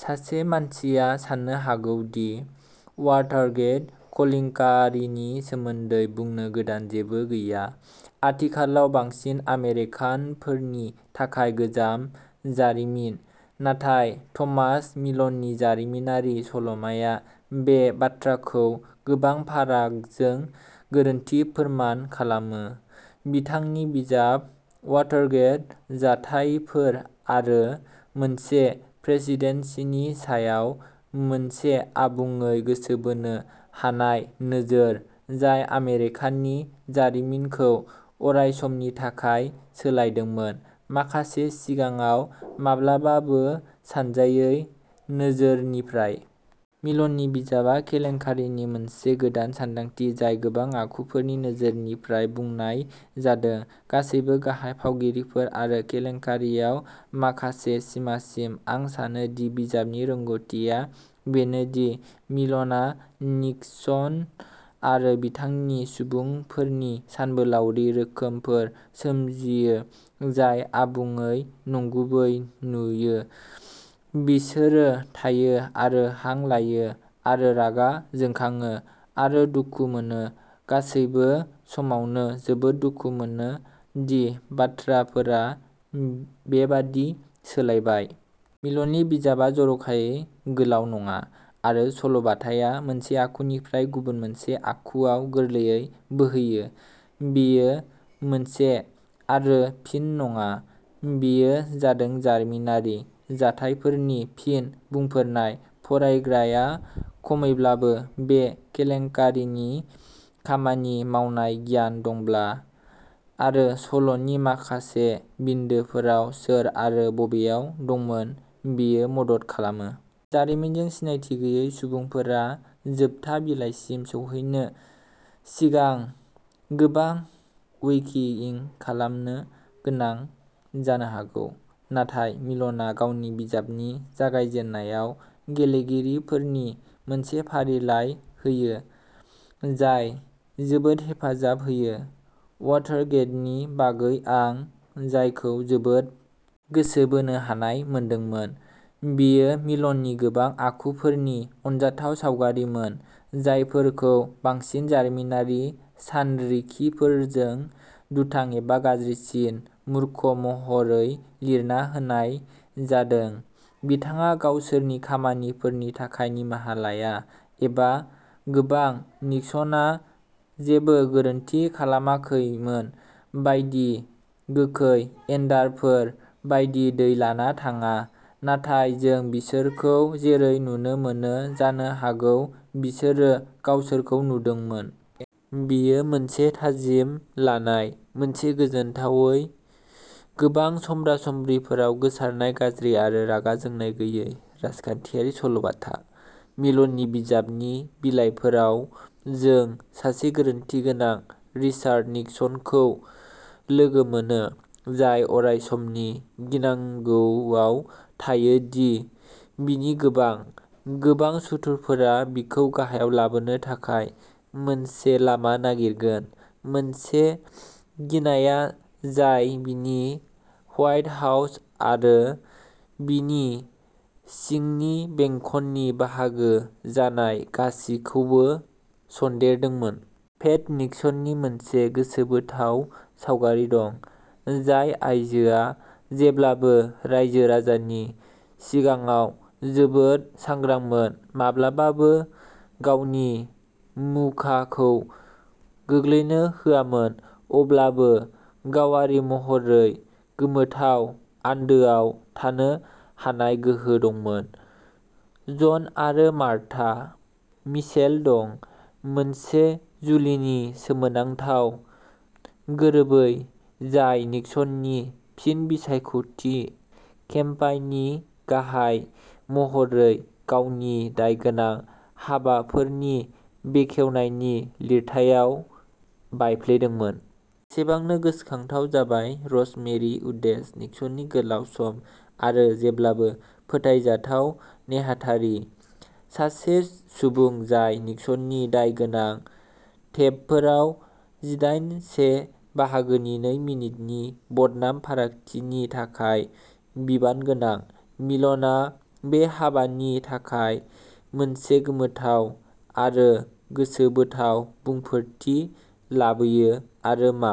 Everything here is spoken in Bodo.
सासे मानसिया साननो हागौ दि वाटारगेट केलेंकारिनि सोमोन्दै बुंनो गोदान जेबो गैया, आथिखालाव बांसिन आमेरिकानफोरनि थाखाय गोजाम जारिमिन, नाथाय थमास मेलननि जारिमिनारि सल'माआ बे बाथ्राखौ गोबां फारागजों गोरोन्थि फोरमान खालामो। बिथांनि बिजाब, वाटारगेट, जाथायफोर आरो मोनसे प्रेसिडेन्सिनि सायाव मोनसे आबुङै गोसो बोनो हानाय नोजोर, जाय आमेरिकानि जारिमिनखौ अरायसमनि थाखाय सोलायदोंमोन, माखासे सिगाङाव माब्लाबाबो सानजायै नोजोरनिफ्राय। मेलननि बिजाबआ केलेंकारिनि मोनसे गोदान सानदांथि, जाय गोबां आखुफोरनि नोजोरनिफ्राय बुंनाय जादों, गासैबो गाहाय फावगिरिफोर आरो केलेकारियाव माखासे सिमासिम। आं सानो दि बिजाबनि रोंग'थिआ बेनो दि मेलनआ निक्सन आरो बिथांनि सुबुंफोरनि सानबोलावरि रोखोमफोर सोरजियो जाय आबुङै नंगुबै नुयो, बिसोरो थायो आरो हां लायो आरो रागा जोंखाङो आरो दुखु मोनो, गासैबो समावनो जोबोद दुखु मोनो दि बाथ्राफोरा बेबादि सोलायबाय। मेलननि बिजाबआ जर'खायै गोलाव नङा आरो सल'बाथाया मोनसे आखुनिफ्राय गुबुन मोनसे आखुआव गोरलैयै बोहैयो बेयो मोनसे आरो फिन नङा। बेयो जादोंमोन जारिमिनारि जाथायफोरनि फिन बुंफोरनाय, फरायग्राया खमावब्लाबो बे केलेंकारिनि खामानि मावनाय गियान दंब्ला आरो सल'नि माखासे बिन्दोफोराव सोर आरो बबेयाव दंमोन, बेयो मदद खालामो। जारिमिनजों सिनायथि गैयै सुबुंफोरा जोबथा बिलाइसिम सौहैनायनि सिगां गोबां विकि इं खालामनो गोनां जानो हागौ, नाथाय मेल'नआ गावनि बिजाबनि जागायजेननायाव गेलेगिरिफोरनि मोनसे फारिलाइ होयो जाय जोबोद हेफाजाब होयो। वाटारगेटनि बागै आं जायखौ जोबोद गोसो बोनो हानाय मोनदोंमोन, बेयो मेल'ननि गोबां आखुफोरनि अनजाथाव सावगारिमोन, जायफोरखौ बांसिन जारिमिनारि सानरिखिफोरजों दुथां एबा गाज्रिसिन, मुर्ख महरै लिरना होनाय जादों बिथाङा गावसोरनि खामानिफोरनि थाखाय निमाहा लाया एबा गोबां निक्सनआ जेबो गोरोन्थि खालामाखैमोन बायदि गोखै एन्डारफोर बायदि दै लाना थाङा, नाथाय जों बिसोरखौ जेरै नुनो मोनो, जानो हागौ, बिसोरो गावसोरखौ नुदोंमोन। बेयो मोनसे थाजिम लानाय मोनसे गोजोनथावै गोबां समब्रा-समब्रिफोराव गोसारनाय गाज्रि आरो रागा जोंनाय गैयै। राजखान्थियारि सल'बाथा। मेलननि बिजाबनि बिलाइफोराव, जों सासे गोरोन्थिगोनां रिचार्ड निक्सनखौ लोगो मोनो, जाय अरायसमनि गिनांगौआव थायो दि बिनि गोबां, गोबां सुथुरफोरा बिखौ गाहायाव लाबोनो थाखाय मोनसे लामा नागिरगोन, मोनसे गिनाय जाय बिनि हवाइट हाउस आरो बिनि सिंनि बेंखननि बाहागो जानाय गासिबोखौ सन्देरदोंमोन। पेट निक्सननि मोनसे गोसोबोथाव सावगारि दं, जाय आयजोआ जेब्लाबो रायजो-राजानि सिगाङाव जोबोद सांग्रांमोन, माब्लाबाबो गावनि मुखाखौ गोग्लैनो होआमोन, अब्लाबो गावारि महरै गोमोथाव आन्दोआव थानो हानाय गोहो दंमोन। जन आरो मार्था मिचेल दं, मोनसे जुलिनि सोमोनांथाव गोरोबै, जाय निक्सननि फिन बिसायख'थि केम्पेइननि गाहाय महरै गावनि दायगोनां हाबाफोरनि बेखेवनायनि लिरथायाव बायफ्लेदोंमोन। एसेबांनो गोसोखांथाव जाबाय रज मेरि उड्स, निक्सननि गोलाव सम आरो जेब्लाबो फोथायजाथाव नेहाथारि, सासे सुबुं जाय निक्सननि दायगोनां टेपफोराव जिदाइन से बाहागोनि नै मिनिटनि बदनाम फारागथिनि थाखाय बिबानगोनां। मेलनआ बे हाबानि थाखाय मोनसे गोमोथाव आरो गोसोबोथाव बुंफोरथि लाबोयो आरो मा।